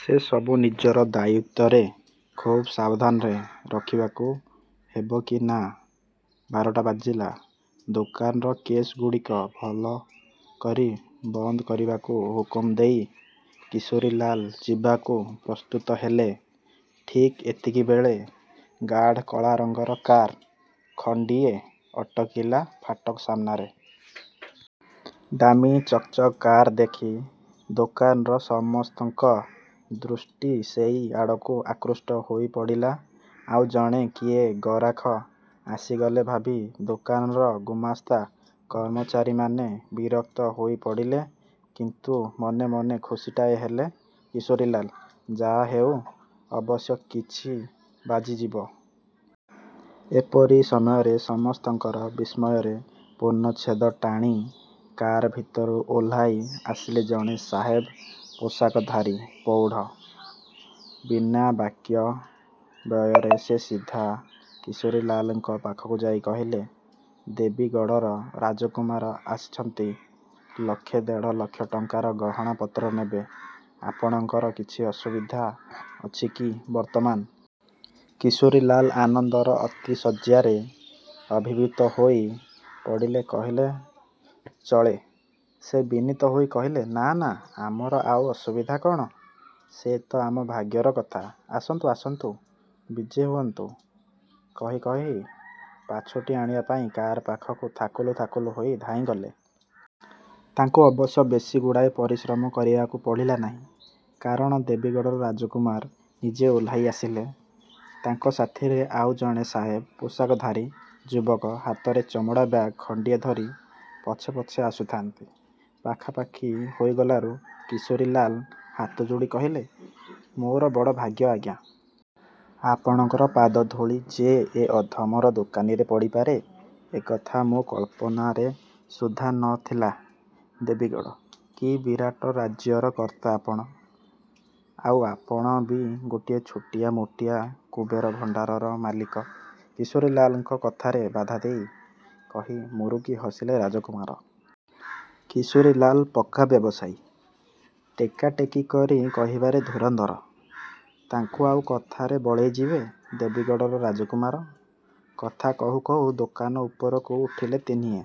ସେ ସବୁ ନିଜର ଦାୟିତ୍ୱରେ ଖୁବ୍ ସାବଧାନରେ ରଖିବାକୁ ହେବ କି ନା! ବାରଟା ବାଜିଲା। ଦୋକାନର କେଶ୍ ଗୁଡ଼ିକ ଭଲ କରି ବନ୍ଦ କରିବାକୁ ହୁକୁମ ଦେଇ କିଶୋରୀଲାଲ ଯିବାକୁ ପ୍ରସ୍ତତ ହେଲେ। ଠିକ୍ ଏତିକିବେଳେ ଗାଢ଼ କଳାରଙ୍ଗର କାର୍ ଖଣ୍ଡିଏ ଅଟକିଲା ଫାଟକ ସାମ୍ନାରେ। ଦାମୀ ଚକ୍ ଚକ୍ କାର୍ ଦେଖି ଦୋକାନର ସମସ୍ତଙ୍କ ଦୃଷ୍ଟି ସେଇ ଆଡ଼କୁ ଆକୃଷ୍ଟ ହୋଇ ପଡ଼ିଲା। ଆଉ ଜଣେ କିଏ ଗରାଖ ଆସିଗଲେ ଭାବି ଦୋକାନର ଗୁମାସ୍ତା କର୍ମଚାରୀମାନେ ବିରକ୍ତ ହୋଇ ପଡ଼ିଲେ। କିନ୍ତୁ ମନେ ମନେ ଖୁସିଟାଏ ହେଲେ କିଶୋରୀଲାଲ। ଯାହା ହେଉ ଅବଶ୍ୟ କିଛି ବାଜିଯିବ। ଏପରି ସମୟରେ ସମସ୍ତଙ୍କର ବିସ୍ମୟରେ ପୂର୍ଣ୍ଣଚ୍ଛେଦ ଟାଣି କାର୍ ଭିତରୁ ଓହ୍ଲାଇ ଆସିଲେ ଜଣେ ସାହେବ ପୋଷାକଧାରୀ ପ୍ରୌଢ଼। ବିନା ବାକ୍ୟ ବ୍ୟୟରେ ସେ ସିଧା କିଶୋରୀଲାଲଙ୍କ ପାଖକୁ ଯାଇ କହିଲେ-''ଦେବୀଗଡ଼ର ରାଜକୁମାର ଆସିଛନ୍ତି। ଲକ୍ଷେ ଦେଢ଼ ଲକ୍ଷ ଟଙ୍କାର ଗହଣା ପତ୍ର ନେବେ। ଆପଣଙ୍କର କିଛି ଅସୁବିଧା ଅଛି କି ବର୍ତ୍ତମାନ? '' କିଶୋରୀଲାଲ ଆନନ୍ଦର ଆତିଶଯ୍ୟାରେ ଅଭିଭୂତ ହୋଇ ପଡ଼ିଲେ କହିଲେ ଚଳେ। ସେ ବିନୀତ ହୋଇ କହିଲେ-''ନା ନା, ଆମର ଆଉ ଅସୁବିଧା କ'ଣ? ସେ ତ ଆମ ଭାଗ୍ୟର କଥା। '' ''ଆସନ୍ତୁ, ଆସନ୍ତୁ, ବିଜେ ହେଉନ୍ତୁ''-କହି କହି ପାଛୋଟି ଆଣିବା ପାଇଁ କାର୍ ପାଖକୁ ଥାକୁଲୁ ଥାକୁଲୁ ହୋଇ ଧାଇଁଗଲେ। ତାଙ୍କୁ ଅବଶ୍ୟ ବେଶୀ ଗୁଡ଼ାଏ ପରିଶ୍ରମ କରିବାକୁ ପଡ଼ିଲା ନାହିଁ। କାରଣ ଦେବୀଗଡ଼ର ରାଜକୁମାର ନିଜେ ଓହ୍ଲାଇ ଆସିଲେ। ତାଙ୍କ ସାଥିରେ ଆଉ ଜଣେ ସାହେବ ପୋଷାକଧାରୀ ଯୁବକ ହାତରେ ଚମଡ଼ା ବ୍ୟାଗ୍ ଖଣ୍ଡିଏ ଧରି ପଛେ ପଛେ ଆସୁଥାନ୍ତି। ପାଖାପାଖି ହୋଇଗଲାରୁ କିଶୋରୀଲାଲ ହାତଯୋଡ଼ି କହିଲେ-''ମୋର ବଡ଼ ଭାଗ୍ୟ ଆଜ୍ଞା! ଆପଣଙ୍କର ପାଦଧୂଳି ଯେ ଏ ଅଧମର ଦୋକାନରେ ପଡ଼ିପାରେ, ଏକଥା ମୋ କଳ୍ପନାରେ ସୁଦ୍ଧା ନ ଥିଲା। ଦେବୀଗଡ଼! କି ବିରାଟରାଜ୍ୟର କର୍ତ୍ତା ଆପଣ। '' ''ଆଉ ଆପଣ ବି ଗୋଟିଏ ଛୋଟିଆ ମୋଟିଆ କୁବେର ଭଣ୍ଡାରର ମାଲିକ'' କିଶୋରୀଲାଲଙ୍କ କଥାରେ ବାଧାଦେଇ କହି ମୁରୁକି ହସିଲେ ରାଜକୁମାର। କିଶୋରୀଲାଲ ପକ୍କା ବ୍ୟବସାୟୀ। ଟେକା ଟେକି କରି କହିବାରେ ଧୂରନ୍ଧର। ତାଙ୍କୁ ଆଉ କଥାରେ ବଳେଇଯିବେ ଦେବୀଗଡ଼ର ରାଜକୁମାର? କଥା କହୁ କହୁ ଦୋକାନ ଉପରକୁ ଉଠିଲେ ତିନିହେଁ।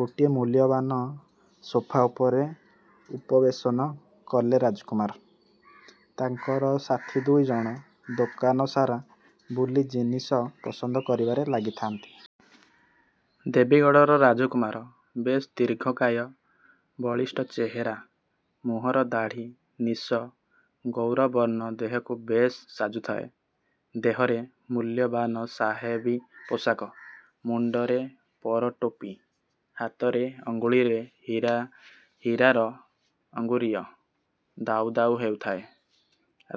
ଗୋଟିଏ ମୂଲ୍ୟବାନ ସୋଫା ଉପରେ ଉପବେଶନ କଲେ ରାଜକୁମାର। ତାଙ୍କର ସାଥି ଦୁଇଜଣ ଦୋକାନ ସାରା ବୁଲି ଜିନିଷ ପସନ୍ଦ କରିବାରେ ଲାଗିଥାନ୍ତି। ଦେବୀଗଡ଼ର ରାଜକୁମାର। ବେଶ୍ ଦୀର୍ଘକାୟ ବଳିଷ୍ଠ ଚେହେରା। ମୁହଁର ଦାଢ଼ି ନିଶ ଗୌରବର୍ଣ୍ଣ ଦେହକୁ ବେଶ୍ ସାଜୁଥାଏ। ଦେହରେ ମୂଲ୍ୟବାନ ସାହେବୀ ପୋଷାକ। ମୁଣ୍ଡରେ ପର ଟୋପି।। ହାତର ଅଙ୍ଗୁଳିରେ ହୀରାର ଅଙ୍ଗୁରୀୟ ଦାଉ ଦାଉ ହେଉଥାଏ।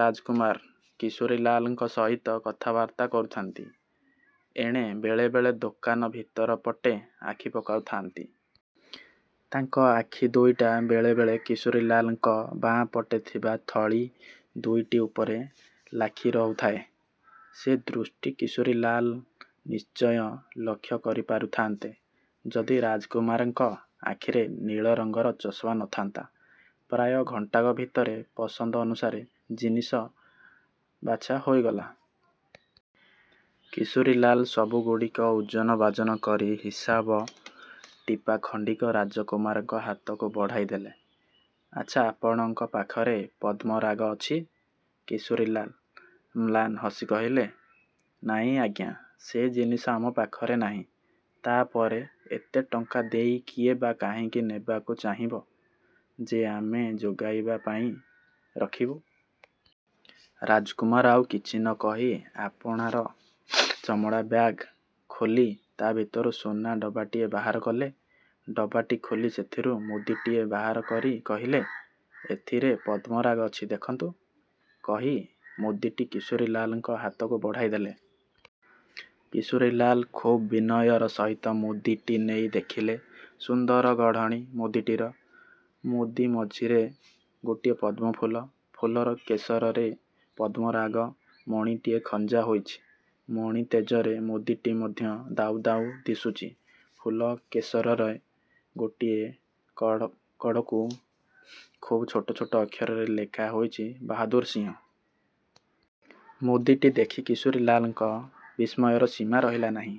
ରାଜକୁମାର କିଶୋରୀଲାଲଙ୍କ ସହିତ କଥାବାର୍ତ୍ତା କରୁଥାନ୍ତି। ଏଣେ ବେଳେ ବେଳେ ଦୋକାନ ଭିତରପଟେ ଆଖି ପକାଉଥାନ୍ତି। ତାଙ୍କ ଆଖି ଦୁଇଟା ବେଳେ ବେଳେ କିଶୋରୀଲାଲଙ୍କ ବାଁ ପଟେ ଥିବା ଥଳି ଦୁଇଟି ଉପରେ ଲାଖି ରହୁଥାଏ। ସେ ଦୃଷ୍ଟି କିଶୋରୀଲାଲ ନିଶ୍ଚୟ ଲକ୍ଷ୍ୟ କରି ପାରୁଥାନ୍ତେ, ଯଦି ରାଜକୁମାରଙ୍କ ଆଖିରେ ନୀଳରଙ୍ଗର ଚଷମା ନ ଥାନ୍ତା। ପ୍ରାୟ ଘଣ୍ଟାକ ଭିତରେ ପସନ୍ଦ ଅନୁସାରେ ଜିନିଷ ବିଛା ହୋଇଗଲା। କିଶୋରୀଲାଲ ସବୁ ଗୁଡ଼ିକ ଓଜନ ବାଜନ କରି ହିସାବ ଟିପା ଖଣ୍ଡିକ ରାଜକୁମାରଙ୍କ ହାତକୁ ବଢ଼ାଇ ଦେଲେ। ଆଚ୍ଛା, ଆପଣଙ୍କ ପାଖରେ ପଦ୍ମରାଗ ଅଛି? '' କିଶୋରୀଲାଲ ମ୍ଳାନ ହସି କହିଲେ-''ନାଇଁ ଆଜ୍ଞା! ସେ ଜିନିଷ ଆମ ପାଖରେ ନାହିଁ-। ତା'ପରେ ଏତେ ଟଙ୍କା ଦେଇ କିଏ ବା କାହିଁକି ନେବାକୁ ଚାହିଁବ ଯେ, ଆମେ ଯୋଗାଇବା ପାଇଁ ରଖିବୁ। '' ରାଜକୁମାର ଆଉ କିଛି ନ କହି ଆପଣାର ଚମଡ଼ା ବ୍ୟାଗ୍ ଖୋଲି ତା' ଭିତର ସୁନାର ଡବାଟିଏ ବାହାର କଲେ। ଡବାଟି ଖୋଲି ସେଥିରୁ ମୁଦିଟିଏ ବାହାର କରି କହିଲେ-''ଏଥିରେ ପଦ୍ମରାଗ ଅଛି ଦେଖନ୍ତୁ। '' କହି ମୁଦିଟି କିଶୋରୀଲାଲଙ୍କ ହାତକୁ ବଢ଼ାଇ ଦେଲେ। କିଶୋରୀଲାଲ ଖୁବ୍ ବିନୟର ସହିତ ମୁଦିଟି ନେଇ ଦେଖିଲେ। ସୁନ୍ଦର ଗଢ଼ଣ ମୁଦିଟିର। ମୁଦି ମଝିରେ ଗୋଟିଏ ପଦ୍ମଫୁଲ। ଫୁଲର କେଶରରେ ପଦ୍ମରାଗ ମଣିଟିଏ ଖଞ୍ଜା ହୋଇଛି। ମଣି ତେଜରେ ମୁଦିଟି ମଧ୍ୟ ଦାଉ ଦାଉ ଦିଶୁଛି। ଫୁଲ କେଶରରେ ଗୋଟିଏ କଡ଼କୁ ଖୁବ୍ ଛୋଟ ଛୋଟ ଅକ୍ଷରରେ ଲେଖା ହୋଇଛି-''ବାହାଦୂର ସିଂ। '' ମୁଦିଟି ଦେଖି କିଶୋରୀଲାଲଙ୍କର ବିସ୍ମୟର ସୀମା ରହିଲା ନାହିଁ।